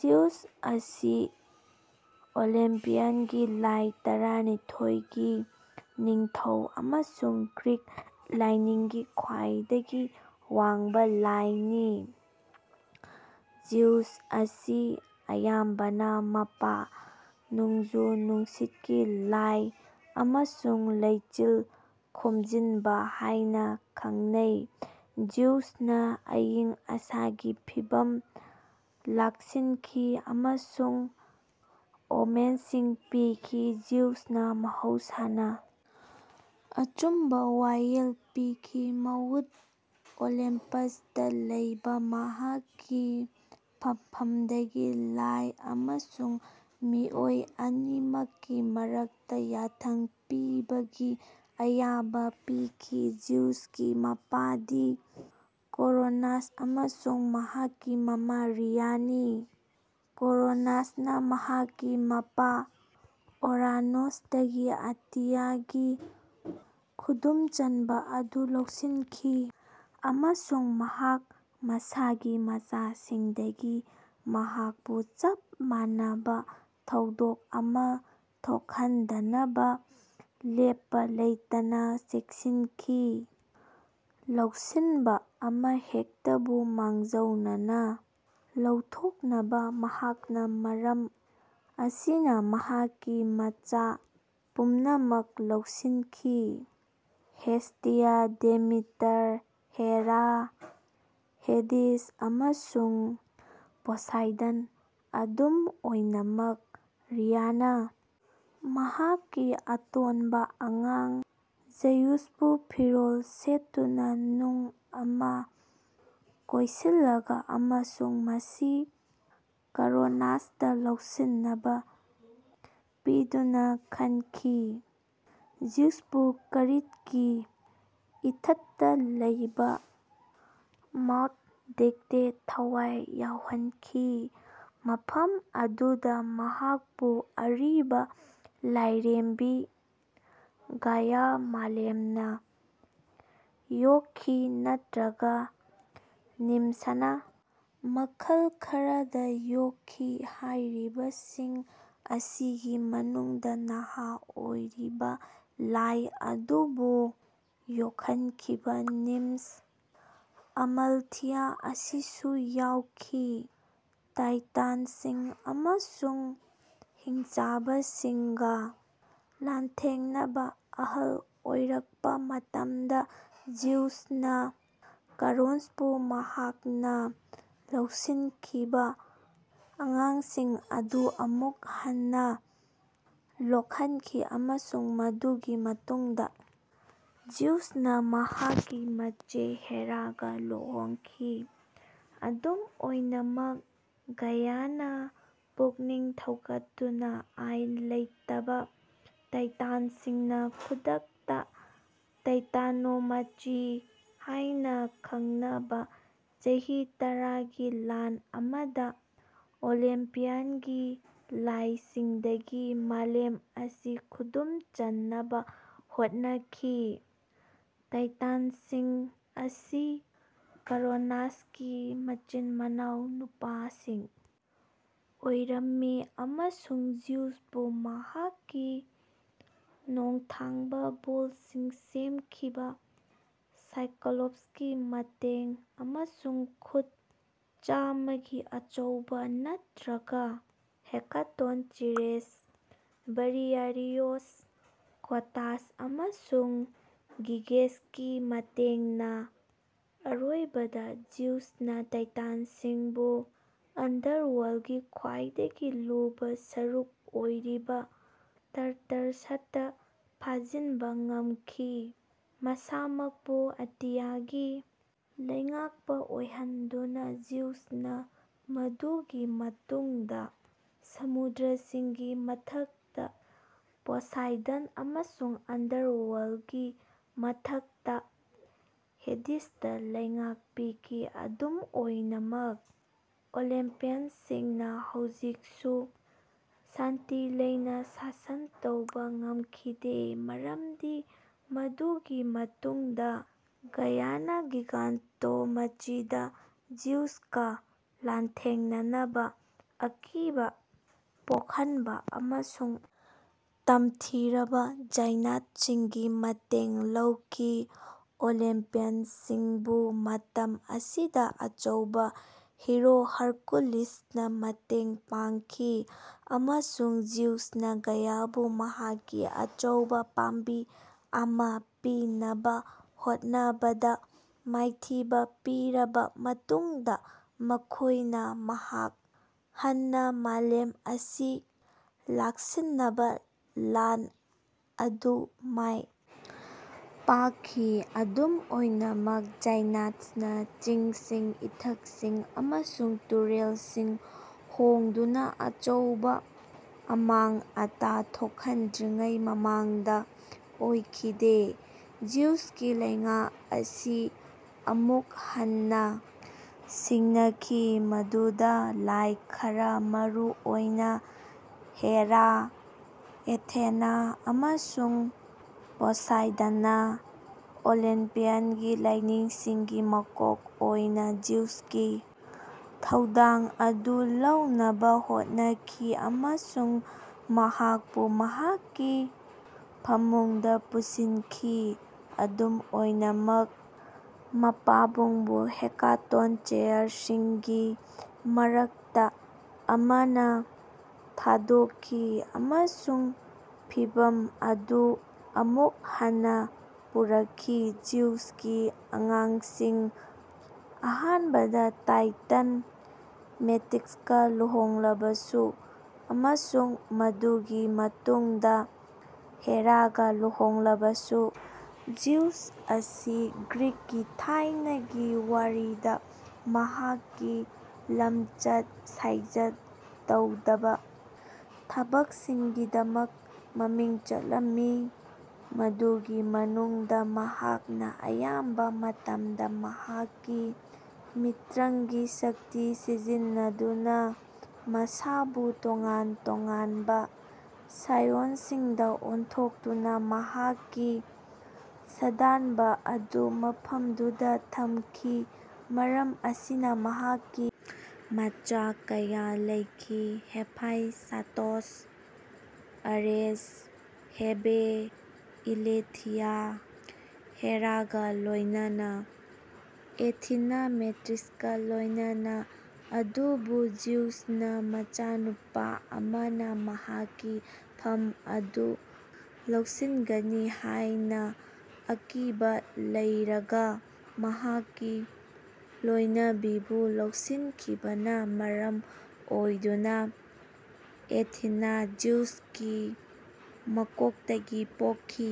Zeus ꯑꯁꯤ ꯑꯣꯂꯤꯝꯄꯤꯌꯟꯒꯤ ꯂꯥꯏ ꯇꯔꯥꯅꯤꯊꯣꯏꯒꯤ ꯅꯤꯡꯊꯧ ꯑꯃꯁꯨꯡ ꯒ꯭ꯔꯤꯛ ꯂꯥꯏꯅꯤꯡꯒꯤ ꯈ꯭ꯋꯥꯏꯗꯒꯤ ꯋꯥꯡꯕ ꯂꯥꯏꯅꯤ꯫ ꯖꯤꯎꯁ ꯑꯁꯤ ꯑꯌꯥꯝꯕꯅ ꯃꯄꯥ, ꯅꯣꯡꯖꯨ-ꯅꯨꯡꯁꯤꯠꯀꯤ ꯂꯥꯏ ꯑꯃꯁꯨꯡ 'ꯂꯩꯆꯤꯜ ꯈꯣꯝꯖꯤꯟꯕ' ꯍꯥꯏꯅ ꯈꯪꯅꯩ꯫ ꯖꯤꯎꯁꯅ ꯑꯏꯪ ꯑꯁꯥꯒꯤ ꯐꯤꯚꯝ ꯂꯥꯛꯁꯤꯟꯈꯤ ꯑꯃꯁꯨꯡ ꯑꯣꯃꯦꯟꯁꯤꯡ ꯄꯤꯈꯤ꯫ ꯖꯤꯎꯁꯅ ꯃꯍꯧꯁꯥꯅ ꯑꯆꯨꯝꯕ ꯋꯥꯌꯦꯜ ꯄꯤꯈꯤ, ꯃꯥꯎꯟꯠ ꯑꯣꯂꯦꯝꯄꯁꯇ ꯂꯩꯕ ꯃꯍꯥꯛꯀꯤ ꯐꯝꯐꯝꯗꯒꯤ ꯂꯥꯏ ꯑꯃꯁꯨꯡ ꯃꯤꯑꯣꯏ ꯑꯅꯤꯃꯛꯀꯤ ꯃꯔꯛꯇ ꯌꯥꯊꯪ ꯄꯤꯕꯒꯤ ꯑꯌꯥꯕ ꯄꯤꯈꯤ꯫ ꯖꯤꯎꯁꯀꯤ ꯃꯄꯥꯗꯤ ꯀ꯭ꯔꯣꯅꯁ ꯑꯃꯁꯨꯡ ꯃꯍꯥꯛꯀꯤ ꯃꯃꯥ ꯔꯤꯌꯥꯅꯤ꯫ ꯀ꯭ꯔꯣꯅꯁꯅ ꯃꯍꯥꯛꯀꯤ ꯃꯄꯥ ꯑꯣꯔꯥꯅꯣꯁꯇꯒꯤ ꯑꯇꯤꯌꯥꯒꯤ ꯈꯨꯗꯨꯝ ꯆꯟꯕ ꯑꯗꯨ ꯂꯧꯁꯤꯟꯈꯤ ꯑꯃꯁꯨꯡ ꯃꯍꯥꯛ ꯃꯁꯥꯒꯤ ꯃꯆꯥꯁꯤꯡꯗꯒꯤ ꯃꯍꯥꯛꯄꯨ ꯆꯞ ꯃꯥꯟꯅꯕ ꯊꯧꯗꯣꯛ ꯑꯃ ꯊꯣꯛꯍꯟꯗꯅꯕ ꯂꯦꯞꯄ ꯂꯩꯇꯅ ꯆꯦꯛꯁꯤꯟꯈꯤ꯫ ꯂꯧꯁꯤꯟꯕ ꯑꯃꯍꯦꯛꯇꯕꯨ ꯃꯥꯡꯖꯧꯅꯅ ꯂꯧꯊꯣꯛꯅꯕ ꯃꯍꯥꯛꯅ ꯃꯔꯝ ꯑꯁꯤꯅ ꯃꯍꯥꯛꯀꯤ ꯃꯆꯥ ꯄꯨꯝꯅꯃꯛ ꯂꯧꯁꯤꯟꯈꯤ: ꯍꯦꯁꯇꯤꯌꯥ, ꯗꯦꯃꯤꯇꯔ, ꯍꯦꯔꯥ, ꯍꯦꯗꯤꯁ, ꯑꯃꯁꯨꯡ ꯄꯣꯁꯥꯏꯗꯟ꯫ ꯑꯗꯨꯝ ꯑꯣꯏꯅꯃꯛ, ꯔꯤꯌꯥꯅ ꯃꯍꯥꯛꯀꯤ ꯑꯇꯣꯟꯕ ꯑꯉꯥꯡ ꯖ꯭ꯌꯨꯁꯄꯨ ꯐꯤꯔꯣꯜ ꯁꯦꯠꯇꯨꯅ ꯅꯨꯡ ꯑꯃ ꯀꯣꯏꯁꯤꯜꯂꯒ ꯑꯃꯁꯨꯡ ꯃꯁꯤ ꯀ꯭ꯔꯣꯅꯁꯇ ꯂꯧꯁꯤꯟꯅꯕ ꯄꯤꯗꯨꯅ ꯀꯟꯈꯤ꯫ ꯖꯤꯎꯁꯄꯨ ꯀ꯭ꯔꯤꯠꯀꯤ ꯏꯊꯠꯇ ꯂꯩꯕ ꯃꯥꯎꯟꯠ ꯗꯤꯛꯇꯦꯠ ꯊꯋꯥꯏ ꯌꯥꯎꯍꯟꯈꯤ, ꯃꯐꯝ ꯑꯗꯨꯗ ꯃꯍꯥꯛꯄꯨ ꯑꯔꯤꯕ ꯂꯥꯏꯔꯦꯝꯕꯤ ꯒꯥꯏꯌꯥ (ꯃꯥꯂꯦꯝ)ꯅ ꯌꯣꯛꯈꯤ, ꯅꯠꯇ꯭ꯔꯒ ꯅꯤꯝꯁꯅ ꯃꯈꯜ ꯈꯔꯗ ꯌꯣꯛꯈꯤ꯫ ꯍꯥꯏꯔꯤꯕꯁꯤꯡ ꯑꯁꯤꯒꯤ ꯃꯅꯨꯡꯗ ꯅꯍꯥ ꯑꯣꯏꯔꯤꯕ ꯂꯥꯏ ꯑꯗꯨꯕꯨ ꯁꯣꯛꯍꯟꯈꯤꯕ ꯅꯤꯝꯁ, ꯑꯃꯥꯜꯊꯤꯌꯥ ꯑꯁꯤꯁꯨ ꯌꯥꯎꯈꯤ꯫ ꯇꯥꯏꯇꯟꯁꯤꯡ ꯑꯃꯁꯨꯡ ꯍꯤꯡꯆꯥꯕꯁꯤꯡꯒ ꯂꯥꯟꯊꯦꯡꯅꯕ ꯑꯍꯜ ꯑꯣꯏꯔꯛꯄ ꯃꯇꯝꯗ ꯖꯤꯎꯁꯅ ꯀ꯭ꯔꯣꯅꯁꯄꯨ ꯃꯍꯥꯛꯅ ꯂꯧꯁꯤꯟꯈꯤꯕ ꯑꯉꯥꯡꯁꯤꯡ ꯑꯗꯨ ꯑꯃꯨꯛ ꯍꯟꯅ ꯂꯣꯛꯍꯟꯈꯤ ꯑꯃꯁꯨꯡ ꯃꯗꯨꯒꯤ ꯃꯇꯨꯡꯗ ꯖꯤꯎꯁꯅ ꯃꯍꯥꯛꯀꯤ ꯃꯆꯦ ꯍꯦꯔꯥꯒ ꯂꯨꯍꯣꯡꯈꯤ꯫ ꯑꯗꯨꯝ ꯑꯣꯏꯅꯃꯛ, ꯒꯥꯏꯌꯥꯅ ꯄꯨꯛꯅꯤꯡ ꯊꯧꯒꯠꯇꯨꯅ ꯑꯥꯏꯟ ꯂꯩꯇꯕ ꯇꯥꯏꯇꯟꯁꯤꯡꯅ ꯈꯨꯗꯛꯇ ꯇꯥꯏꯇꯥꯅꯣꯃꯥꯆꯤ ꯍꯥꯏꯅ ꯈꯪꯅꯕ ꯆꯍꯤ ꯇꯔꯥꯒꯤ ꯂꯥꯟ ꯑꯃꯗ ꯑꯣꯂꯤꯝꯄꯤꯌꯟꯒꯤ ꯂꯥꯏꯁꯤꯡꯗꯒꯤ ꯃꯥꯂꯦꯝ ꯑꯁꯤ ꯈꯨꯗꯨꯝ ꯆꯟꯅꯕ ꯍꯣꯠꯅꯈꯤ꯫ ꯇꯥꯏꯇꯟꯁꯤꯡ ꯑꯁꯤ ꯀ꯭ꯔꯣꯅꯁꯀꯤ ꯃꯆꯤꯟ-ꯃꯅꯥꯎ ꯅꯨꯄꯥꯁꯤꯡ ꯑꯣꯏꯔꯝꯃꯤ ꯑꯃꯁꯨꯡ ꯖꯤꯎꯁꯄꯨ ꯃꯍꯥꯛꯀꯤ ꯅꯣꯡꯊꯥꯡꯕ ꯕꯣꯜꯠꯁꯤꯡ ꯁꯦꯝꯈꯤꯕ ꯁꯥꯏꯀ꯭ꯂꯣꯞꯁꯀꯤ ꯃꯇꯦꯡ ꯑꯃꯁꯨꯡ ꯈꯨꯠ ꯆꯥꯝꯃꯒꯤ ꯑꯆꯧꯕ ꯅꯠꯇ꯭ꯔꯒ ꯍꯦꯀꯥꯇꯣꯟꯆꯤꯔꯦꯁ (ꯕ꯭ꯔꯤꯌꯥꯔꯤꯑꯣꯁ, ꯀꯣꯇꯁ ꯑꯃꯁꯨꯡ ꯒꯤꯒꯦꯁ)ꯒꯤ ꯃꯇꯦꯡꯅ ꯑꯔꯣꯏꯕꯗ ꯖꯤꯎꯁꯅ ꯇꯥꯏꯇꯟꯁꯤꯡꯕꯨ ꯑꯟꯗꯔꯋꯥꯔꯜꯀꯤ ꯈ꯭ꯋꯥꯏꯗꯒꯤ ꯂꯨꯕ ꯁꯔꯨꯛ ꯑꯣꯏꯔꯤꯕ ꯇꯥꯔꯇꯥꯔꯁꯇ ꯐꯥꯖꯤꯟꯕ ꯉꯝꯈꯤ꯫ ꯃꯁꯥꯃꯛꯄꯨ ꯑꯇꯤꯌꯥꯒꯤ ꯂꯩꯉꯥꯛꯄ ꯑꯣꯏꯍꯟꯗꯨꯅ, ꯖꯤꯎꯁꯅ ꯃꯗꯨꯒꯤ ꯃꯇꯨꯡꯗ ꯁꯃꯨꯗ꯭ꯔꯁꯤꯡꯒꯤ ꯃꯊꯛꯇ ꯄꯣꯁꯥꯏꯗꯟ ꯑꯃꯁꯨꯡ ꯑꯟꯗꯔꯋꯥꯔꯜꯀꯤ ꯃꯊꯛꯇ ꯍꯦꯗꯤꯁꯇ ꯂꯩꯉꯥꯛ ꯄꯤꯈꯤ꯫ ꯑꯗꯨꯝ ꯑꯣꯏꯅꯃꯛ, ꯑꯣꯂꯤꯝꯄꯤꯌꯟꯁꯤꯡꯅ ꯍꯧꯖꯤꯛꯁꯨ ꯁꯥꯟꯇꯤ ꯂꯩꯅ ꯁꯥꯁꯟ ꯇꯧꯕ ꯉꯝꯈꯤꯗꯦ, ꯃꯔꯝꯗꯤ ꯃꯗꯨꯒꯤ ꯃꯇꯨꯡꯗ ꯒꯥꯏꯌꯥꯅ ꯒꯤꯒꯥꯟꯇꯣꯃꯥꯆꯤꯗ ꯖꯤꯎꯁꯀ ꯂꯥꯟꯊꯦꯡꯅꯅꯕ ꯑꯀꯤꯕ ꯄꯣꯛꯍꯟꯕ ꯑꯃꯁꯨꯡ ꯇꯝꯊꯤꯔꯕ ꯖꯥꯏꯟꯠꯁꯤꯡꯒꯤ ꯃꯇꯦꯡ ꯂꯧꯈꯤ꯫ ꯑꯣꯂꯤꯝꯄꯤꯌꯟꯁꯤꯡꯕꯨ ꯃꯇꯝ ꯑꯁꯤꯗ ꯑꯆꯧꯕ ꯍꯤꯔꯣ ꯍꯔꯀꯨꯂꯤꯁꯅ ꯃꯇꯦꯡ ꯄꯥꯡꯈꯤ ꯑꯃꯁꯨꯡ ꯖꯤꯎꯁꯅ ꯒꯥꯏꯌꯥꯕꯨ ꯃꯍꯥꯛꯀꯤ ꯑꯆꯧꯕ ꯄꯥꯝꯕꯤ ꯑꯃ ꯄꯤꯅꯕ ꯍꯣꯠꯅꯕꯗ ꯃꯥꯏꯊꯤꯕ ꯄꯤꯔꯕ ꯃꯇꯨꯡꯗ, ꯃꯈꯣꯏꯅ ꯑꯃꯨꯛ ꯍꯟꯅ ꯃꯥꯂꯦꯝ ꯑꯁꯤ ꯂꯥꯛꯁꯤꯟꯅꯕ ꯂꯥꯟ ꯑꯗꯨ ꯃꯥꯏ ꯄꯥꯛꯈꯤ, ꯑꯗꯨꯝ ꯑꯣꯏꯅꯃꯛ, ꯖꯥꯏꯟꯠꯁꯅ ꯆꯤꯡꯁꯤꯡ, ꯏꯊꯠꯁꯤꯡ ꯑꯃꯁꯨꯡ ꯇꯨꯔꯦꯜꯁꯤꯡ ꯍꯣꯡꯗꯨꯅ ꯑꯆꯧꯕ ꯑꯃꯥꯡ-ꯑꯇꯥ ꯊꯣꯛꯍꯟꯗ꯭ꯔꯤꯉꯩ ꯃꯃꯥꯡꯗ ꯑꯣꯏꯈꯤꯗꯦ꯫ ꯖꯤꯎꯁꯀꯤ ꯂꯩꯉꯥꯛ ꯑꯁꯤ ꯑꯃꯨꯛ ꯍꯟꯅ ꯁꯤꯡꯅꯈꯤ ꯃꯗꯨꯗ ꯂꯥꯏ ꯈꯔ, ꯃꯔꯨꯑꯣꯏꯅ ꯍꯦꯔꯥ, ꯑꯦꯊꯦꯅꯥ ꯑꯃꯁꯨꯡ ꯄꯣꯁꯥꯏꯗꯟꯅ ꯑꯣꯂꯤꯝꯄꯤꯌꯟꯒꯤ ꯂꯥꯏꯁꯤꯡꯒꯤ ꯃꯀꯣꯛ ꯑꯣꯏꯅ ꯖꯤꯎꯁꯀꯤ ꯊꯧꯗꯥꯡ ꯑꯗꯨ ꯂꯧꯅꯕ ꯍꯣꯠꯅꯈꯤ ꯑꯃꯁꯨꯡ ꯃꯍꯥꯛꯄꯨ ꯃꯍꯥꯛꯀꯤ ꯐꯃꯨꯡꯗ ꯄꯨꯟꯁꯤꯟꯈꯤ꯫ ꯑꯗꯨꯝ ꯑꯣꯏꯅꯃꯛ, ꯃꯄꯥꯕꯨꯡꯕꯨ ꯍꯦꯀꯥꯇꯣꯟꯆꯦꯌꯔꯁꯤꯡꯒꯤ ꯃꯔꯛꯇ ꯑꯃꯅ ꯊꯥꯗꯣꯛꯈꯤ ꯑꯃꯁꯨꯡ ꯐꯤꯚꯝ ꯑꯗꯨ ꯑꯃꯨꯛ ꯍꯟꯅ ꯄꯨꯔꯛꯈꯤ꯫ ꯖꯤꯎꯁꯀꯤ ꯑꯉꯥꯡꯁꯤꯡ ꯑꯍꯥꯟꯕꯗ ꯇꯥꯏꯇꯟ ꯃꯦꯇꯤꯁꯀ ꯂꯨꯍꯣꯡꯂꯕꯁꯨ ꯑꯃꯁꯨꯡ ꯃꯗꯨꯒꯤ ꯃꯇꯨꯡꯗ ꯍꯦꯔꯥꯒ ꯂꯨꯍꯣꯡꯂꯕꯁꯨ, ꯖꯤꯎꯁ ꯑꯁꯤ ꯒ꯭ꯔꯤꯛꯀꯤ ꯊꯥꯏꯅꯒꯤ ꯋꯥꯔꯤꯗ ꯃꯍꯥꯛꯀꯤ ꯂꯝꯆꯠ-ꯁꯥꯖꯠ ꯇꯧꯗꯕ ꯊꯕꯛꯁꯤꯡꯒꯤꯗꯃꯛ ꯃꯃꯤꯡ ꯆꯠꯂꯝꯃꯤ, ꯃꯗꯨꯒꯤ ꯃꯅꯨꯡꯗ ꯃꯍꯥꯛꯅ ꯑꯌꯥꯝꯕ ꯃꯇꯝꯗ ꯃꯍꯥꯛꯀꯤ ꯃꯤꯇ꯭ꯔꯪꯒꯤ ꯁꯛꯇꯤ ꯁꯤꯖꯤꯟꯅꯗꯨꯅ ꯃꯁꯥꯕꯨ ꯇꯣꯉꯥꯟ ꯇꯣꯉꯥꯟꯕ ꯁꯥꯏꯑꯣꯟꯁꯤꯡꯗ ꯑꯣꯟꯊꯣꯛꯇꯨꯅ ꯃꯍꯥꯛꯀꯤ ꯁꯥꯗꯥꯟꯕ ꯑꯗꯨ ꯐꯃꯨꯡꯗ ꯊꯝꯈꯤ꯫ ꯃꯔꯝ ꯑꯁꯤꯅ ꯃꯍꯥꯛꯀꯤ ꯃꯆꯥ ꯀꯌꯥ ꯂꯩꯈꯤ: ꯍꯦꯐꯥꯏꯁ꯭ꯇꯣꯁ, ꯑꯔꯦꯁ, ꯍꯦꯕꯦ, ꯏꯂꯦꯊꯤꯌꯥ ꯍꯦꯔꯥꯒ ꯂꯣꯏꯅꯅ꯫ ꯑꯦꯊꯤꯅꯥ ꯃꯦꯇꯤꯁꯀ ꯂꯣꯏꯅꯅ ꯑꯗꯨꯕꯨ ꯖꯤꯎꯁꯅ ꯃꯆꯥꯅꯨꯄꯥ ꯑꯃꯅ ꯃꯍꯥꯛꯀꯤ ꯐꯝ ꯑꯗꯨ ꯂꯧꯁꯤꯟꯒꯅꯤ ꯍꯥꯏꯅ ꯑꯀꯤꯕ ꯂꯩꯔꯒ ꯃꯍꯥꯛꯀꯤ ꯂꯣꯏꯅꯕꯤꯕꯨ ꯂꯧꯁꯤꯟꯈꯤꯕꯅ ꯃꯔꯝ ꯑꯣꯏꯗꯨꯅ ꯑꯦꯊꯤꯅꯥ ꯖꯤꯎꯁꯀꯤ ꯃꯀꯣꯛꯇꯒꯤ ꯄꯣꯛꯈꯤ꯫